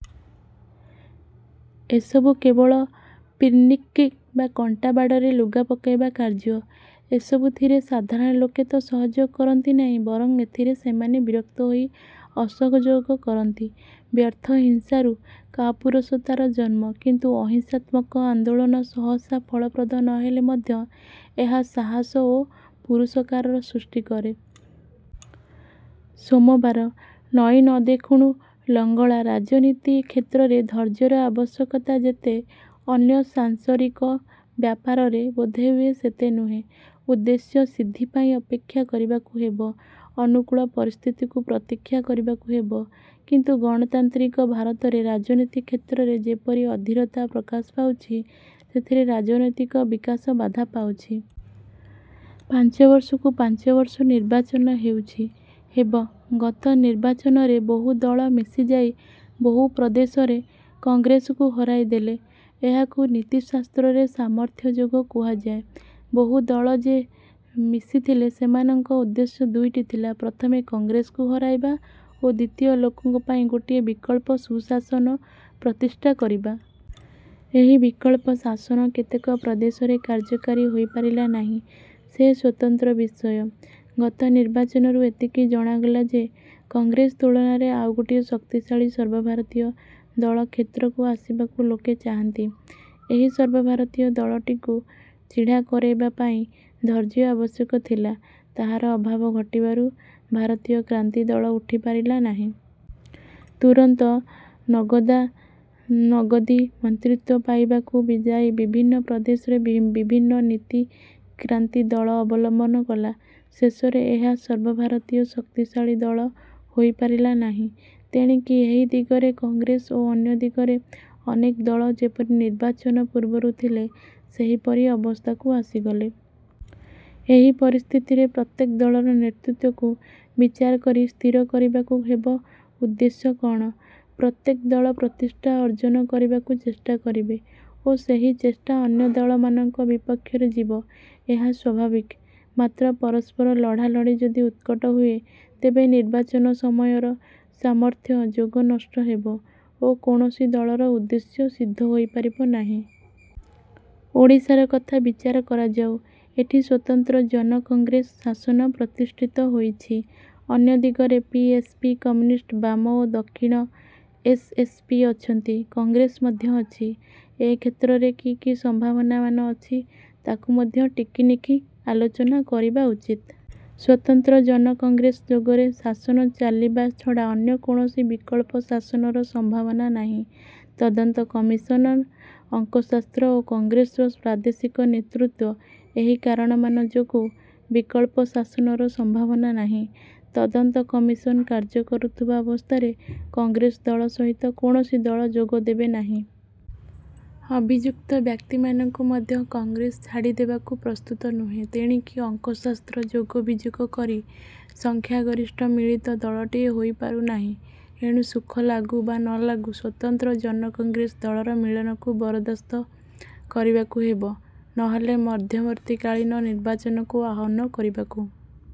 ଏସବୁ କେବଳ ପିନ୍ପ୍ରିକ୍ ବା କଣ୍ଟା ବାଡ଼ରେ ଲୁଗାପକାଇବା କାର୍ଯ୍ୟ। ଏସବୁଥିରେ ସାଧାରଣ ଲୋକେ ତ ସହଯୋଗ କରନ୍ତି ନାହିଁ ବରଂ ଏଥିରେ ସେମାନେ ବିରକ୍ତ ହୋଇ ଅସହଯୋଗ କରନ୍ତି। ବ୍ୟର୍ଥ ହିଂସାରୁ କାପୁରୁଷତାର ଜନ୍ମ। କିନ୍ତୁ ଅହିଂସାତ୍ମକ ଆନ୍ଦୋଳନ ସହସା ଫଳପ୍ରଦ ନହେଲେ ମଧ୍ୟ ଏହା ସାହସ ଓ ପୁରୁଷକାର ସୃଷ୍ଟି କରେ। ସୋମବାର ନଇ ନ ଦେଖୁଣୁ ଲଙ୍ଗଳା ରାଜନୀତି କ୍ଷେତ୍ରରେ ଧୈର୍ଯ୍ୟର ଆବଶ୍ୟକତା ଯେତେ ଅନ୍ୟ ସାଂସରିକ ବ୍ୟାପାରରେ ବୋଧହୁଏ ସେତେ ନୁହେଁ। ଉଦ୍ଦେଶ୍ୟ ସିଦ୍ଧିପାଇଁ ଅପେକ୍ଷା କରିବାକୁ ହେବ। ଅନୁକୂଳ ପରିସ୍ଥିତିକୁ ପ୍ରତୀକ୍ଷା କରିବାକୁ ହେବ। କିନ୍ତୁ ଗଣତାନ୍ତ୍ରିକ ଭାରତରେ ରାଜନୀତି କ୍ଷେତ୍ରରେ ଯେପରି ଅଧୀରତା ପ୍ରକାଶ ପାଉଛି ସେଥିରେ ରାଜନୈତିକ ବିକାଶ ବାଧା ପାଉଛି। ପାଞ୍ଚବର୍ଷକୁ ପାଞ୍ଚବର୍ଷ ନିର୍ବାଚନ ହେଉଛି, ହେବ। ଗତ ନିର୍ବାଚନରେ ବହୁ ଦଳ ମିଶିଯାଇ ବହୁ ପ୍ରଦେଶରେ କଂଗ୍ରେସକୁ ହରେଇ ଦେଲେ। ଏହାକୁ ନୀତି ଶାସ୍ତ୍ରରେ 'ସାମର୍ଥ୍ୟ' ଯୋଗ କୁହାଯାଏ। ବହୁ ଦଳ ଯେ ମିଶିଥିଲେ ସେମାନଙ୍କ ଉଦ୍ଦେଶ୍ୟ ଦୁଇଟି ଥିଲା- ପ୍ରଥମେ କଂଗ୍ରେସକୁ ହରେଇବା ଓ ଦ୍ୱିତୀୟ ଲୋକଙ୍କ ପାଇଁ ଗୋଟିଏ ବିକଳ୍ପ ସୁଶାସନ ପ୍ରତିଷ୍ଠା କରିବା। ଏହି ବିକଳ୍ପ ଶାସନ କେତେକ ପ୍ରଦେଶରେ କାର୍ଯ୍ୟକାରୀ ହୋଇପାରିଲା ନାହିଁ। ସେ ସ୍ୱତନ୍ତ୍ର ବିଷୟ। ଗତ ନିର୍ବାଚନରୁ ଏତିକି ଜଣାଗଲା ଯେ କଂଗ୍ରେସ ତୁଳନାରେ ଆଉ ଗୋଟିଏ ଶକ୍ତିଶାଳୀ ସର୍ବଭାରତୀୟ ଦଳ କ୍ଷେତ୍ରକୁ ଆସିବାକୁ ଲୋକେ ଚାହାନ୍ତି। ଏହି ସର୍ବଭାରତୀୟ ଦଳଟିକୁ ଛିଡ଼ା କରାଇବା ପାଇଁ ଧୈର୍ଯ୍ୟ ଆବଶ୍ୟକ ଥିଲା ତାହାର ଅଭାବ ଘଟିବାରୁ ଭାରତୀୟ କ୍ରାନ୍ତିଦଳ ଉଠିପାରିଲା ନାହିଁ। ତୁରନ୍ତ ନଗଦାନଗଦି ମନ୍ତ୍ରୀତ୍ୱ ପାଇବାକୁ ଯାଇ ବିଭିନ୍ନ ପ୍ରଦେଶରେ ବିଭିନ୍ନ ନୀତି କ୍ରାନ୍ତିଦଳ ଅବଲମ୍ବନ କଲା- ଶେଷରେ ଏହା ସର୍ବଭାରତୀୟ ଶକ୍ତିଶାଳୀ ଦଳ ହୋଇପାରିଲା ନାହିଁ। ତେଣିକି ଏକ ଦିଗରେ କଂଗ୍ରେସ ଓ ଅନ୍ୟ ଦିଗରେ ଅନେକ ଦଳ ଯେପରି ନିର୍ବାଚନ ପୂର୍ବରୁ ଥିଲେ ସେହିପରି ଅବସ୍ଥାକୁ ଆସିଗଲେ। ଏହି ପରିସ୍ଥିତିରେ ପ୍ରତ୍ୟେକ ଦଳର ନେତୃତ୍ୱକୁ ବିଚାର କରି ସ୍ଥିର କରିବାକୁ ହେବ ଉଦ୍ଦେଶ୍ୟ କଅଣ? ପ୍ରତ୍ୟେକ ଦଳ ପ୍ରତିଷ୍ଠା ଅର୍ଜ୍ଜନ କରିବାକୁ ଚେଷ୍ଟା କରିବେ ଓ ସେହି ଚେଷ୍ଟା ଅନ୍ୟ ଦଳମାନଙ୍କ ବିପକ୍ଷରେ ଯିବ ଏହା ସ୍ୱାଭାବିକ। ମାତ୍ର ପରସ୍ପର ଲଢ଼ାଲଢ଼ି ଯଦି ଉତ୍କଟ ହୁଏ ତେବେ ନିର୍ବାଚନ ସମୟର 'ସାମର୍ଥ୍ୟ' ଯୋଗ ନଷ୍ଟ ହେବ ଓ କୌଣସି ଦଳର ଉଦ୍ଦେଶ୍ୟ ସିଦ୍ଧ ହୋଇପାରିବ ନାହିଁ। ଓଡ଼ିଶାର କଥା ବିଚାର କରାଯାଉ। ଏଠି ସ୍ୱତନ୍ତ୍ର-ଜନକଂଗ୍ରେସ ଶାସନ ପ୍ରତିଷ୍ଠିତ ହୋଇଛି। ଅନ୍ୟ ଦିଗରେ ପି:ଏସ୍:ପି, କମ୍ୟୁନିଷ୍ଟ ବାମ ଓ ଦକ୍ଷିଣ ଏସ୍:ଏସ୍:ପି ଅଛନ୍ତି, କଂଗ୍ରେସ ମଧ୍ୟ ଅଛି। ଏ କ୍ଷେତ୍ରରେ କି କି ସମ୍ଭାବନାମାନ ଅଛି ତାକୁ ମଧ୍ୟ ଟିକିନିଖି ଆଲୋଚନା କରିବା ଉଚିତ। ସ୍ୱତନ୍ତ୍ର ଜନକଂଗ୍ରେସ ଯୋଗରେ ଶାସନ ଚାଲିବା ଛଡ଼ା ଅନ୍ୟ କୌଣସି ବିକଳ୍ପ ଶାସନର ସମ୍ଭାବନା ନାହିଁ। ତଦନ୍ତ କମିଶନ, ଅଙ୍କଶାସ୍ତ୍ର ଓ କଂଗ୍ରେସର ପ୍ରାଦେଶିକ ନେତୃତ୍ୱ ଏହି କାରଣମାନ ଯୋଗୁଁ ବିକଳ୍ପ ଶାସନର ସମ୍ଭାବନା ନାହିଁ। ତଦନ୍ତ କମିଶନ କାର୍ଯ୍ୟ କରୁଥିବା ଅବସ୍ଥାରେ କଂଗ୍ରେସ ଦଳ ସହିତ କୌଣସି ଦଳ ଯୋଗ ଦେବେନାହିଁ। ଅଭିଯୁକ୍ତ ବ୍ୟକ୍ତିମାନଙ୍କୁ ମଧ୍ୟ କଂଗ୍ରେସ ଛାଡ଼ିଦେବାକୁ ପ୍ରସ୍ତୁତ ନୁହେଁ। ତେଣିକି ଅଙ୍କଶାସ୍ତ୍ର ଯୋଗ ବିଯୋଗ କରି ସଂଖ୍ୟାଗରିଷ୍ଠ ମିଳିତ ଦଳଟିଏ ହୋଇ ପାରୁନାହିଁ। ଏଣୁ ସୁଖଲାଗୁ ବା ନଲାଗୁ ସ୍ୱତନ୍ତ୍ର ଜନକଂଗ୍ରେସ ଦଳର ମିଳନକୁ ବରଦାସ୍ତ କରିବାକୁ ହେବ। ନହେଲେ ମଧ୍ୟବର୍ତ୍ତୀକାଳୀନ ନିର୍ବାଚନକୁ ଆହ୍ୱାନ କରିବାକୁ